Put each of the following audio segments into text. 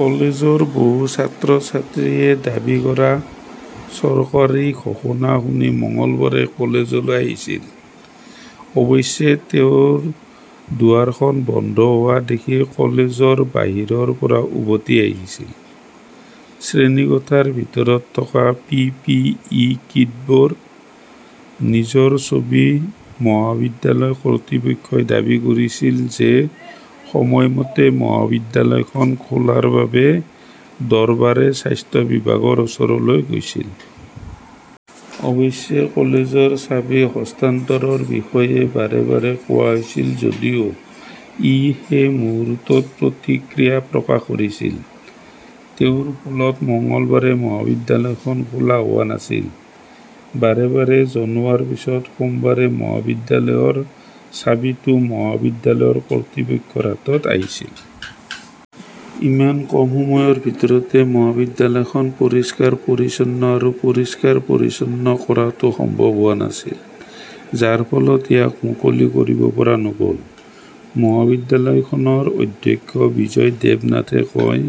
কলেজৰ বহু ছাত্ৰ-ছাত্ৰীয়ে দাবী কৰা, চৰকাৰী ঘোষণা শুনি মঙলবাৰে কলেজলৈ আহিছিল। অৱশ্যে তেওঁৰ দুৱাৰখন বন্ধ হোৱা দেখি কলেজৰ বাহিৰৰ পৰা উভতি আহিছিল। শ্ৰেণীকোঠাৰ ভিতৰত থকা পি. পি. ই. কিটবোৰ। নিজৰ ছবি। মহাবিদ্যালয় কৰ্তৃপক্ষই দাবী কৰিছিল যে সময়মতে মহাবিদ্যালয়খন খোলাৰ বাবে দৰবাৰে স্বাস্থ্য বিভাগৰ ওচৰলৈ গৈছিল। অৱশ্যে, কলেজৰ চাবি হস্তান্তৰৰ বিষয়ে বাৰে বাৰে কোৱা হৈছিল যদিও ই শেষ মুহূৰ্তত প্ৰতিক্ৰিয়া প্ৰকাশ কৰিছিল। তেওঁৰ ফলত মঙলবাৰে মহাবিদ্যালয়খন খোলা হোৱা নাছিল। বাৰে বাৰে জনোৱাৰ পিছত সোমবাৰে মহাবিদ্যালয়ৰ চাবিটো মহাবিদ্যালয়ৰ কৰ্তৃপক্ষৰ হাতত আহিছিল। ইমান কম সময়ৰ ভিতৰতে মহাবিদ্যালয়খন পৰিষ্কাৰ-পৰিচ্ছন্ন আৰু পৰিষ্কাৰ-পৰিচ্ছন্ন কৰাটো সম্ভৱ হোৱা নাছিল। যাৰ ফলত ইয়াক মুকলি কৰিব পৰা নগ'ল। মহাবিদ্যালয়খনৰ অধ্যক্ষ বিজয় দেৱনাথে কয়,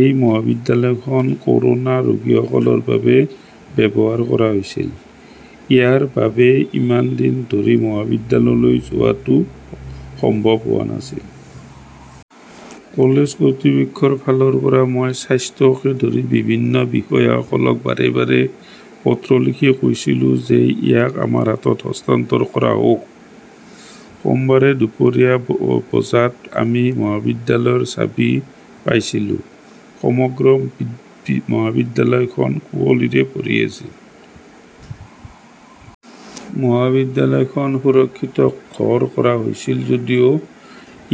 এই মহাবিদ্যালয়খন কৰোনা ৰোগীসকলৰ বাবে ব্যৱহাৰ কৰা হৈছিল। ইয়াৰ বাবেই ইমান দিন ধৰি মহাবিদ্যালয়লৈ যোৱাটো সম্ভৱ হোৱা নাছিল। কলেজ কৰ্তৃপক্ষৰ ফালৰ পৰা মই স্বাস্থ্যকে ধৰি বিভিন্ন বিষয়াসকলক বাৰে - বাৰে পত্ৰ লিখি কৈছিলো যে ইয়াক আমাৰ হাতত হস্তান্তৰ কৰা হওক। সোমবাৰে দুপৰীয়া বজাত আমি মহাবিদ্যালয়ৰ চাবি পাইছিলো। সমগ্ৰ মহাবিদ্যালয়খন কুঁৱলীৰে ভৰি আছে। মহাবিদ্যালয়খন সুৰক্ষিত ঘৰ কৰা হৈছিল যদিও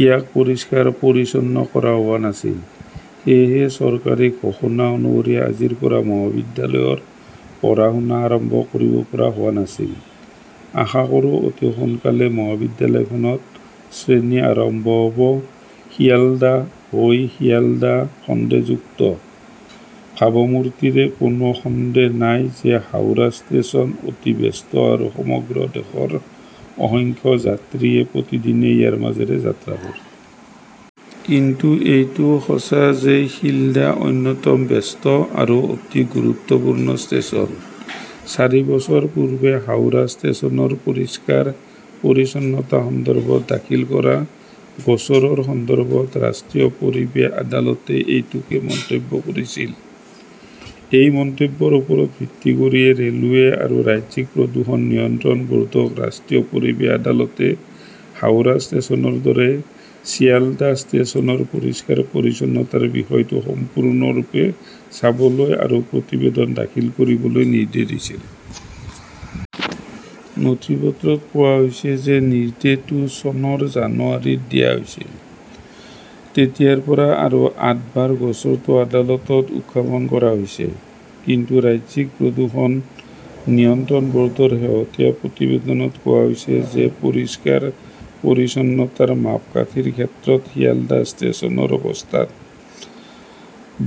ইয়াক পৰিষ্কাৰ-পৰিচ্ছন্ন কৰা হোৱা নাছিল। সেয়েহে, চৰকাৰী ঘোষণা অনুসৰি আজিৰ পৰা মহাবিদ্যালয়ৰ পঢ়া-শুনা আৰম্ভ কৰিব পৰা হোৱা নাছিল। আশা কৰোঁ অতি সোনকালেই মহাবিদ্যালয়খনত শ্ৰেণী আৰম্ভ হ'ব। শিয়ালদা হৈছে শিয়ালদা, সন্দেহযুক্ত ভাবমূৰ্তিৰে কোনো সন্দেহ নাই যে হাওৰা ষ্টেচন অতি ব্যস্ত আৰু সমগ্ৰ দেশৰ অসংখ্য যাত্ৰীয়ে প্ৰতিদিনে ইয়াৰ মাজেৰে যাত্ৰা কৰে। কিন্তু এইটোও সঁচা যে শ্বিলদহ অন্যতম ব্যস্ত আৰু অতি গুৰুত্বপূৰ্ণ ষ্টেচন। চাৰি বছৰ পূৰ্বে হাওৰা ষ্টেচনৰ পৰিষ্কাৰ-পৰিচ্ছন্নতা সন্দৰ্ভত দাখিল কৰা গোচৰৰ সন্দৰ্ভত ৰাষ্ট্ৰীয় পৰিৱেশ আদালতে এইটোৱেই মন্তব্য কৰিছিল। এই মন্তব্যৰ ওপৰত ভিত্তি কৰি ৰে'লৱে আৰু ৰাজ্যিক প্ৰদূষণ নিয়ন্ত্ৰণ বোৰ্ডক ৰাষ্ট্ৰীয় পৰিৱেশ আদালতে হাওৰা ষ্টেচনৰ দৰে চিয়ালদহ ষ্টেচনৰ পৰিষ্কাৰ-পৰিচ্ছন্নতাৰ বিষয়টো সম্পূৰ্ণৰূপে চাবলৈ আৰু প্ৰতিবেদন দাখিল কৰিবলৈ নিৰ্দেশ দিছিল। নথিপত্ৰত কোৱা হৈছে যে নিৰ্দেশটো চনৰ জানুৱাৰীত দিয়া হৈছিল। তেতিয়াৰ পৰা আৰু আঠবাৰ গোচৰটো আদালতত উত্থাপন কৰা হৈছে। কিন্তু ৰাজ্যিক প্ৰদূষণ নিয়ন্ত্ৰণ বৰ্ডৰ শেহতীয়া প্ৰতিবেদনত কোৱা হৈছে যে পৰিষ্কাৰ-পৰিচ্ছন্নতাৰ মাপকাঠিৰ ক্ষেত্ৰত শ্বিলদহ ষ্টেচনৰ অৱস্থানত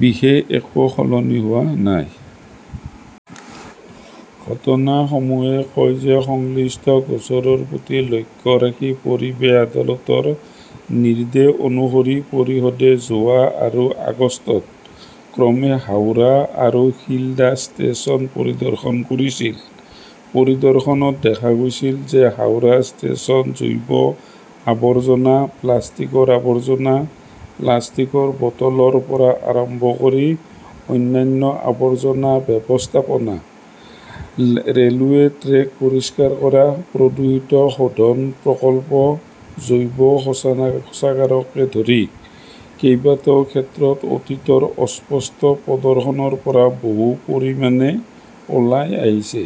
বিশেষ একো সলনি হোৱা নাই। ঘটনাসমূহে কয় যে সংশ্লিষ্ট গোচৰৰ প্ৰতি লক্ষ্য ৰাখি পৰিৱেশ আদালতৰ নিৰ্দেশ অনুসৰি পৰিষদে যোৱা আৰু আগষ্টত ক্ৰমে হাওৰা আৰু শ্বিলদহ ষ্টেচন পৰিদৰ্শন কৰিছিল। পৰিদৰ্শনত দেখা গৈছে যে হাওৰা ষ্টেচন জৈৱ আৱৰ্জনা, প্লাষ্টিকৰ আৱৰ্জনা, প্লাষ্টিকৰ বটলৰ পৰা আৰম্ভ কৰি অন্যান্য আৱৰ্জনা ব্যৱস্থাপনা, ৰে'লৱে ট্ৰেক পৰিষ্কাৰ কৰা, প্ৰদূষিত শোধন প্ৰকল্প, জৈৱ শৌচাগাৰকে ধৰি কেইবাটাও ক্ষেত্ৰত অতীতৰ অস্পষ্ট 'প্ৰদৰ্শনৰ পৰা বহু পৰিমাণে ওলাই আহিছে।